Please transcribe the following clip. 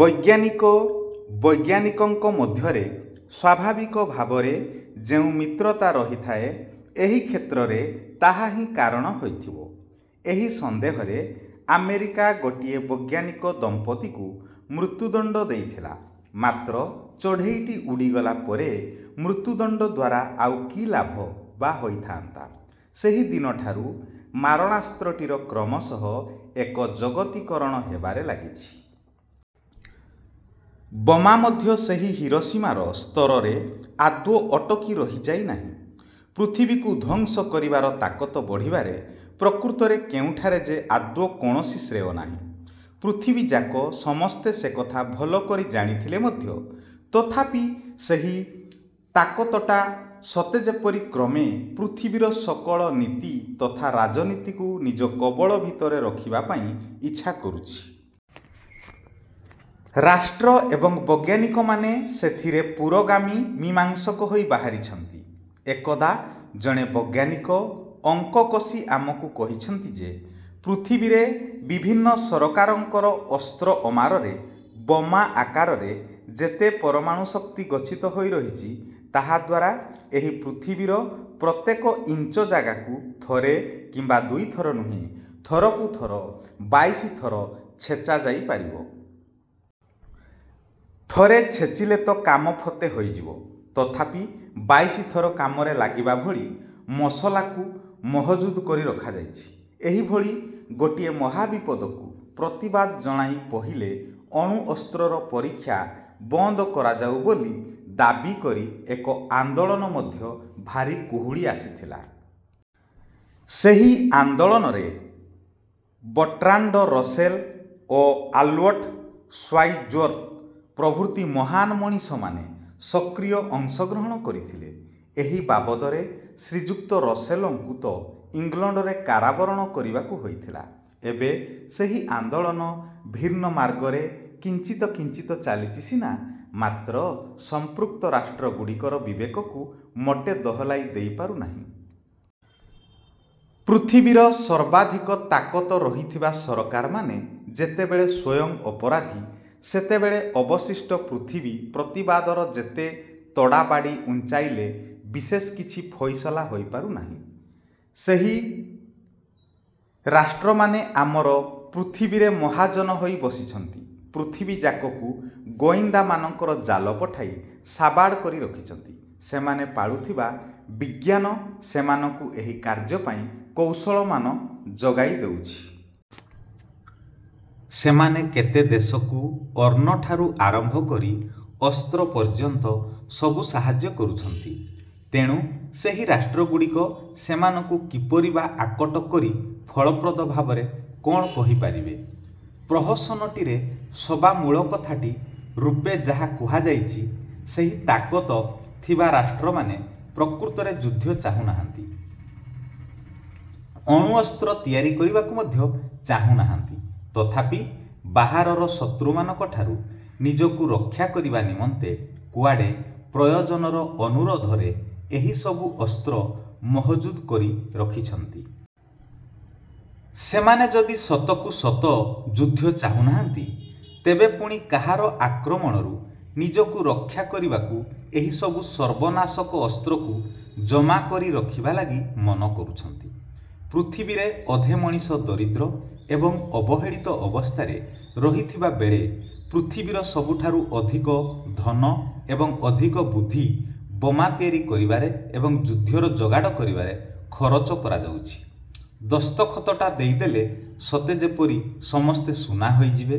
ବୈଜ୍ଞାନିକ ବୈଜ୍ଞାନିକଙ୍କ ମଧ୍ୟରେ ସ୍ୱାଭାବିକ ଭାବରେ ଯେଉଁ ମିତ୍ରତା ରହିଥାଏ, ଏହି କ୍ଷେତ୍ରରେ ତାହାହିଁ କାରଣ ହୋଇଥିବ। ଏହି ସନ୍ଦେହରେ ଆମେରିକା ଗୋଟିଏ ବୈଜ୍ଞାନିକ ଦମ୍ପତିକୁ ମୃତ୍ୟୁଦଣ୍ଡ ଦେଇଥିଲା। ମାତ୍ର ଚଢ଼େଇଟି ଉଡ଼ିଗଲା ପରେ ମୃତ୍ୟୁଦଣ୍ଡ ଦ୍ଵାରା ଆଉ କି ଲାଭ ବା ହୋଇଥାଆନ୍ତା? ସେହିଦିନଠାରୁ ମାରଣାସ୍ତ୍ରଟିର କ୍ରମଶଃ ଏକ ଜଗତୀକରଣ ହେବାରେ ଲାଗିଛି। ବୋମା ମଧ୍ୟ ସେହି ହିରୋସୀମାର ସ୍ତରରେ ଆଦୌ ଅଟକି ରହିଯାଇ ନାହିଁ। ପୃଥିବୀକୁ ଧ୍ୱଂସ କରିବାର ତାକତ ବଢ଼ିବାରେ ପ୍ରକୃତରେ କେଉଁଠାରେ ଯେ ଆଦୌ କୌଣସି ଶ୍ରେୟ ନାହିଁ,। ପୃଥିବୀଯାକ ସମସ୍ତେ ସେକଥା ଭଲକରି ଜାଣିଥିଲେ ମଧ୍ୟ ତଥାପି ସେହି ତାକତଟା ସତେଯେପରି କ୍ରମେ ପୃଥିବୀର ସକଳ ନୀତି ତଥା ରାଜନୀତିକୁ ନିଜ କବଳ ଭିତରେ ରଖିବା ପାଇଁ ଇଚ୍ଛା କରୁଛି। ରାଷ୍ଟ୍ର ଏବଂ ବୈଜ୍ଞାନିକମାନେ ସେଥିରେ ପୁରୋଗାମୀ ମୀମାଂସକ ହୋଇ ବାହାରିଛନ୍ତି। ଏକଦା ଜଣେ ବୈଜ୍ଞାନିକ ଅଙ୍କ କଷି ଆମକୁ କହିଛନ୍ତି ଯେ, ପୃଥିବୀରେ ବିଭିନ୍ନ ସରକାରଙ୍କର ଅସ୍ତ୍ରଅମାରରେ ବୋମା ଆକାରରେ ଯେତେ ପରମାଣୁଶକ୍ତି ଗଚ୍ଛିତ ହୋଇରହିଛି, ତାହାଦ୍ଵାରା ଏହି ପୃଥିବୀର ପ୍ରତ୍ୟେକ ଇଞ୍ଚ ଜାଗାକୁ ଥରେ କିମ୍ବା ଦୁଇଥର ନୁହେଁ, ଥରକୁ ଥର ବାଇଶିଥର ଛେଚା ଯାଇପାରିବ। ଥରେ ଛେଚିଲେ ତ କାମ ଫତେ ହୋଇଯିବ; ତଥାପି ବାଇଶିଥର କାମରେ ଲାଗିବା ଭଳି ମସଲାକୁ ମହଜୁଦ କରି ରଖାଯାଇଛି। ଏହିଭଳି ଗୋଟିଏ ମହାବିପଦକୁ ପ୍ରତିବାଦ ଜଣାଇ ପହିଲେ ଅଣୁଅସ୍ତ୍ରର ପରୀକ୍ଷା ବନ୍ଦ କରାଯାଉ ବୋଲି ଦାବି କରି ଏକ ଆନ୍ଦୋଳନ ମଧ୍ୟ ଭାରି କୁହୁଳି ଆସିଥିଲା। ସେହି ଆନ୍ଦୋଳନରେ ବର୍ଟ୍ରାଣ୍ଡ ରସେଲ ଓ ଆଲ୍ବର୍ଟ ଶ୍ୱାଇତ୍ଜର ପ୍ରଭୃତି ମହାନ ମଣିଷମାନେ ସକ୍ରିୟ ଅଂଶଗ୍ରହଣ କରିଥିଲେ। ଏହି ବାବଦରେ ଶ୍ରୀଯୁକ୍ତ ରସେଲଙ୍କୁ ତ ଇଂଲଣ୍ଡରେ କାରାବରଣ କରିବାକୁ ହୋଇଥିଲା। ଏବେ ସେହି ଆନ୍ଦୋଳନ ଭିନ୍ନ ମାର୍ଗରେ କିଞ୍ଚିତ କିଞ୍ଚିତ ଚାଲିଛି ସିନା, ମାତ୍ର ସଂପୃକ୍ତ ରାଷ୍ଟ୍ର ଗୁଡ଼ିକର ବିବେକକୁ ମୋଟେ ଦୋହଲାଇ ଦେଇ ପାରୁନାହିଁ। ପୃଥିବୀର ସର୍ବାଧିକ ତାକତ ରହିଥିବା ସରକାରମାନେ ଯେତେବେଳେ ସ୍ୱୟଂ ଅପରାଧୀ, ସେତେବେଳେ ଅବଶିଷ୍ଟ ପୃଥିବୀ ପ୍ରତିବାଦର ଯେତେ ତଡ଼ାବାଡ଼ି ଉଞ୍ଚାଇଲେ ବିଶେଷ କିଛି ଫଇସଲା ହୋଇପାରୁ ନାହିଁ। ସେହି ରାଷ୍ଟ୍ରମାନେ ଆମର ପୃଥିବୀରେ ମହାଜନ ହୋଇ ବସିଛନ୍ତି- ପୃଥିବୀଯାକକୁ ଗୋଇନ୍ଦାମାନଙ୍କର ଜାଲ ପଠାଇ ସାବାଡ଼ କରି ରଖିଛନ୍ତି, ସେମାନେ ପାଳୁଥିବା ବିଜ୍ଞାନ ସେମାନଙ୍କୁ ଏହି କାର୍ଯ୍ୟପାଇଁ କୌଶଳମାନ ଯୋଗାଇ ଦେଉଛି। ସେମାନେ କେତେ ଦେଶକୁ ଅନ୍ନଠାରୁ ଆରମ୍ଭ କରି ଅସ୍ତ୍ର ପର୍ଯ୍ୟନ୍ତ ସବୁ ସାହାଯ୍ୟ କରୁଛନ୍ତି। ତେଣୁ ସେହି ରାଷ୍ଟ୍ରଗୁଡ଼ିକ ସେମାନଙ୍କୁ କିପରି ବା ଆକଟ କରି ଫଳପ୍ରଦ ଭାବରେ କ'ଣ କହିପାରିବେ? ପ୍ରହସନଟିରେ ସବାମୂଳ କଥାଟି ରୂପେ ଯାହା କୁହାଯାଉଛି, ସେହି ତାକତ ଥିବା ରାଷ୍ଟ୍ରମାନେ ପ୍ରକୃତରେ ଯୁଦ୍ଧ ଚାହୁନାହାନ୍ତି, ଅଣୁଅସ୍ତ୍ର ତିଆରି କରିବାକୁ ମଧ୍ୟ ଚାହୁନାହାନ୍ତି, ତଥାପି ବାହାରର ଶତ୍ରୁମାନଙ୍କ ଠାରୁ ନିଜକୁ ରକ୍ଷା କରିବା ନିମନ୍ତେ କୁଆଡ଼େ ପ୍ରୟୋଜନର ଅନୁରୋଧରେ ଏହି ସବୁ ଅସ୍ତ୍ର ମହଜୁଦ କରି ରଖିଛନ୍ତି। ସେମାନେ ଯଦି ସତକୁ ସତ ଯୁଦ୍ଧ ଚାହୁନାହାନ୍ତି, ତେବେ ପୁଣି କାହାର ଆକ୍ରମଣରୁ ନିଜକୁ ରକ୍ଷା କରିବାକୁ ଏହିସବୁ ସର୍ବନାଶକ ଅସ୍ତ୍ରକୁ ଜମାକରି ରଖିବା ଲାଗି ମନ କରୁଛନ୍ତି? ପୃଥିବୀରେ ଅଧେ ମଣିଷ ଦରିଦ୍ର ଏବଂ ଅବହେଳିତ ଅବସ୍ଥାରେ ରହିଥିବାବେଳେ ପୃଥିବୀର ସବୁଠାରୁ ଅଧିକ ଧନ ଏବଂ ଅଧିକ ବୁଦ୍ଧି ବୋମା ତିଆରି କରିବାରେ ଏବଂ ଯୁଦ୍ଧର ଯୋଗାଡ଼ କରିବାରେ ଖରଚ କରାଯାଉଛି। ଦସ୍ତଖତଟା ଦେଇଦେଲେ ସତେଯେପରି ସମସ୍ତେ ସୁନା ହୋଇଯିବେ